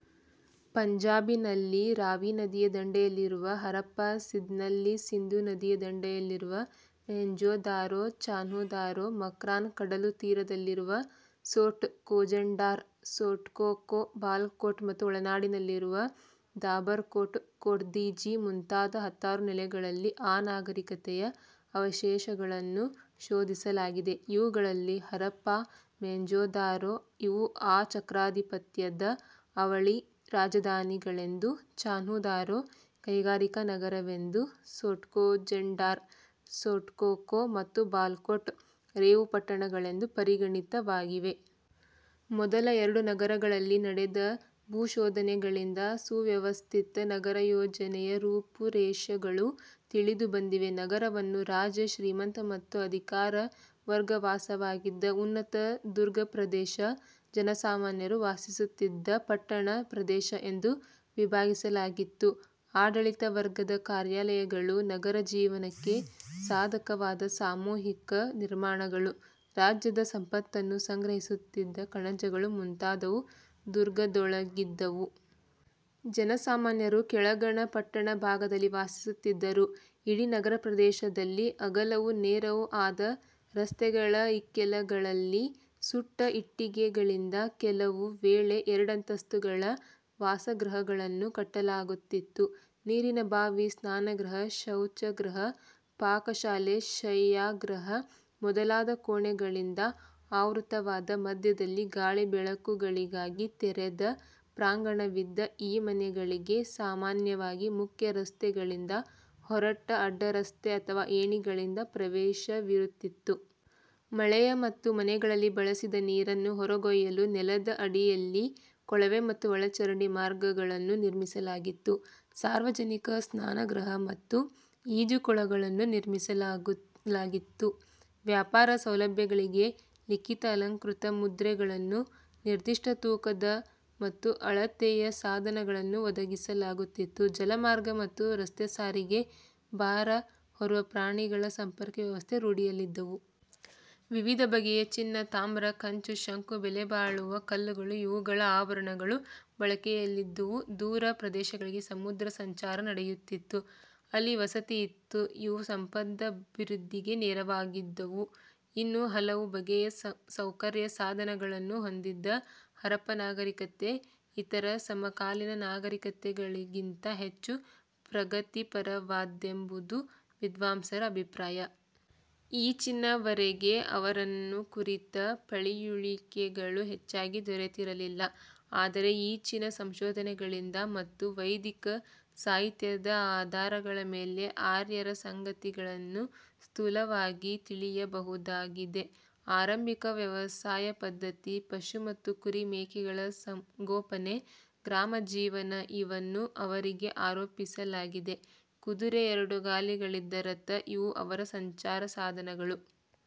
ಪಂಜಾಬಿನಲ್ಲಿ ರಾವಿ ನದಿಯ ದಂಡೆಯಲ್ಲಿರುವ ಹರಪ್ಪ, ಸಿಂಧ್ನಲ್ಲಿ ಸಿಂಧೂ ನದಿಯ ದಂಡೆಯಲ್ಲಿರುವ ಮೊಹೆಂಜೊದಾರೊ, ಚಾನ್ಹುದಾರೊ, ಮಕ್ರಾನ್, ಕಡಲುತೀರದಲ್ಲಿರುವ ಸೋಟ್ ಕೋಜಂಡಾರ್, ಸೋಟ್ಕೋಖೋ, ಬಾಲಕೋಟ, ಮತ್ತು ಒಳನಾಡಿನಲ್ಲಿರುವ ದಾಬರಕೋಟ್, ಕೋಟ್ದೀಜಿ ಮುಂತಾದ ಹತ್ತಾರು ನೆಲೆಗಳಲ್ಲಿ ಆ ನಾಗರಿಕತೆಯ ಅವಶೇಷಗಳನ್ನು ಶೋಧಿಸಲಾಗಿದೆ. ಇವುಗಳಲ್ಲಿ ಹರಪ್ಪಾ, ಮೊಹೆಂಜೊದಾರೊ ಇವು ಆ ಚಕ್ರಾಧಿಪತ್ಯದ ಅವಳಿ ರಾಜಧಾನಿಗಳೆಂದೂ ಚಾನ್ಹುದಾರೊ ಕೈಗಾರಿಕಾ ನಗರವೆಂದೂ ಸೋಟ್ಕೋಜಂಡಾರ, ಸೊಟ್ಕೋಖೋ ಮತ್ತು ಬಾಲಕ್ಕೋಟ್ ರೇವುಪಟ್ಟಣಗಳೆಂದೂ ಪರಿಗಣಿತವಾಗಿವೆ. ಮೊದಲ ಎರಡು ನಗರಗಳಲ್ಲಿ ನಡೆದ ಭೂಶೋಧನೆಗಳಿಂದ ಸುವ್ಯವಸ್ಥಿತ ನಗರಯೋಜನೆಯ ರೂಪುರೇಷೆಗಳು ತಿಳಿದುಬಂದಿವೆ. ನಗರವನ್ನು ರಾಜ, ಶ್ರೀಮಂತ ಮತ್ತು ಅಧಿಕಾರ ವರ್ಗವಾಸವಾಗಿದ್ದ ಉನ್ನತ ದುರ್ಗ ಪ್ರದೇಶ, ಜನಸಾಮಾನ್ಯರು ವಾಸಿಸುತ್ತಿದ್ದ ಪಟ್ಟಣ ಪ್ರದೇಶ ಎಂದು ವಿಭಾಗಿಸಲಾಗಿತ್ತು. ಆಡಳಿತ ವರ್ಗದ ಕಾರ್ಯಾಲಯಗಳು, ನಗರ ಜೀವನಕ್ಕೆ ಸಾಧಕವಾದ ಸಾಮೂಹಿಕ ನಿರ್ಮಾಣಗಳು, ರಾಜ್ಯದ ಸಂಪತ್ತನ್ನು ಸಂಗ್ರಹಿಸುತ್ತಿದ್ದ ಕಣಜಗಳು ಮುಂತಾದವು ದುರ್ಗದೊಳಗಿದ್ದುವು. ಜನಸಾಮಾನ್ಯರು ಕೆಳಗಣ ಪಟ್ಟಣ ಭಾಗದಲ್ಲಿ ವಾಸಿಸುತ್ತಿದ್ದರು. ಇಡೀ ನಗರಪ್ರದೇಶದಲ್ಲಿ ಅಗಲವೂ ನೇರವೂ ಆದ ರಸ್ತೆಗಳ ಇಕ್ಕೆಲಗಳಲ್ಲಿ ಸುಟ್ಟ ಇಟ್ಟಿಗೆಗಳಿಂದ ಕೆಲವು ವೇಳೆ ಎರಡಂತಸ್ತುಗಳ ವಾಸಗೃಹಗಳನ್ನು ಕಟ್ಟಲಾಗುತ್ತಿತ್ತು. ನೀರಿನ ಬಾವಿ, ಸ್ನಾನಗೃಹ, ಶೌಚಗೃಹ, ಪಾಕಶಾಲೆ, ಶಯ್ಯಾಗೃಹ ಮೊದಲಾದ ಕೋಣೆಗಳಿಂದ ಆವೃತವಾದ, ಮಧ್ಯದಲ್ಲಿ ಗಾಳಿ ಬೆಳಕುಗಳಿಗಾಗಿ ತೆರೆದ ಪ್ರಾಂಗಣವಿದ್ದ ಈ ಮನೆಗಳಿಗೆ ಸಾಮಾನ್ಯವಾಗಿ ಮುಖ್ಯ ರಸ್ತೆಗಳಿಂದ ಹೊರಟ ಅಡ್ಡರಸ್ತೆ ಅಥವಾ ಏಣಿಗಳಿಂದ ಪ್ರವೇಶವಿರುತ್ತಿತ್ತು. ಮಳೆಯ ಮತ್ತು ಮನೆಗಳಲ್ಲಿ ಬಳಸಿದ ನೀರನ್ನು ಹೊರಗೊಯ್ಯಲು ನೆಲದ ಅಡಿಯಲ್ಲಿ ಕೊಳವೆ ಮತ್ತು ಒಳಚರಂಡಿ ಮಾರ್ಗಗಳನ್ನು ನಿರ್ಮಿಸಲಾಗಿತ್ತು. ಸಾರ್ವಜನಿಕ ಸ್ನಾನಗೃಹ ಮತ್ತು ಈಜುಕೊಳಗಳನ್ನು ನಿರ್ಮಿಸಲಾಗಿತ್ತು. ವ್ಯಾಪಾರ ಸೌಲಭ್ಯಗಳಿಗೆ ಲಿಖಿತ-ಅಲಂಕೃತ ಮುದ್ರೆಗಳನ್ನು, ನಿರ್ದಿಷ್ಟ ತೂಕದ ಮತ್ತು ಅಳತೆಯ ಸಾಧನಗಳನ್ನು ಒದಗಿಸಲಾಗುತ್ತಿತ್ತು. ಜಲಮಾರ್ಗ ಮತ್ತು ರಸ್ತೆಸಾರಿಗೆ, ಭಾರ ಹೊರುವ ಪ್ರಾಣಿಗಳ ಸಂಪರ್ಕ ವ್ಯವಸ್ಥೆ ರೂಢಿಯಲ್ಲಿದ್ದುವು. ವಿವಿಧ ಬಗೆಯ ಚಿನ್ನ ತಾಮ್ರ, ಕಂಚು, ಶಂಕು, ಬೆಲೆಬಾಳುವ ಕಲ್ಲುಗಳು ಇವುಗಳ ಆಭರಣಗಳು ಬಳಕೆಯಲ್ಲಿದ್ದುವು. ದೂರ ಪ್ರದೇಶಗಳಿಗೆ ಸಮುದ್ರಸಂಚಾರ ನಡೆಯುತ್ತಿತ್ತು. ಅಲ್ಲಿ ವಸತಿಯಿತ್ತು. ಇವು ಸಂಪದಭಿವೃದ್ಧಿಗೆ ನೆರವಾಗಿದ್ದುವು. ಇನ್ನೂ ಹಲವು ಬಗೆಯ ಸೌಕರ್ಯ ಸಾಧನಗಳನ್ನು ಹೊಂದಿದ್ದ ಹರಪ್ಪ ನಾಗರಿಕತೆ ಇತರ ಸಮಕಾಲೀನ ನಾಗರಿಕತೆಗಳಿಗಿಂತ ಹೆಚ್ಚು ಪ್ರಗತಿಪರವಾದ್ದೆಂಬುದು ವಿದ್ವಾಂಸರ ಅಭಿಪ್ರಾಯ. ಈಚಿನವರೆಗೆ ಅವರನ್ನು ಕುರಿತ ಪಳಿಯುಳಿಕೆಗಳು ಹೆಚ್ಚಾಗಿ ದೊರೆತಿರಲಿಲ್ಲ. ಆದರೆ ಈಚಿನ ಸಂಶೋಧನೆಗಳಿಂದ ಮತ್ತು ವೈದಿಕ ಸಾಹಿತ್ಯದ ಆಧಾರಗಳ ಮೇಲೆ ಆರ್ಯರ ಸಂಗತಿಗಳನ್ನು ಸ್ಥೂಲವಾಗಿ ತಿಳಿಯಬಹುದಾಗಿದೆ. ಆರಂಭಿಕ ವ್ಯವಸಾಯಪದ್ಧತಿ, ಪಶು ಮತ್ತು ಕುರಿ ಮೇಕೆಗಳ ಸಂಗೋಪನೆ, ಗ್ರಾಮಜೀವನ ಇವನ್ನು ಅವರಿಗೆ ಆರೋಪಿಸಲಾಗಿದೆ. ಕುದುರೆ, ಎರಡು ಗಾಲಿಗಳಿದ್ದ ರಥ ಇವು-ಅವರ ಸಂಚಾರಸಾಧನಗಳು.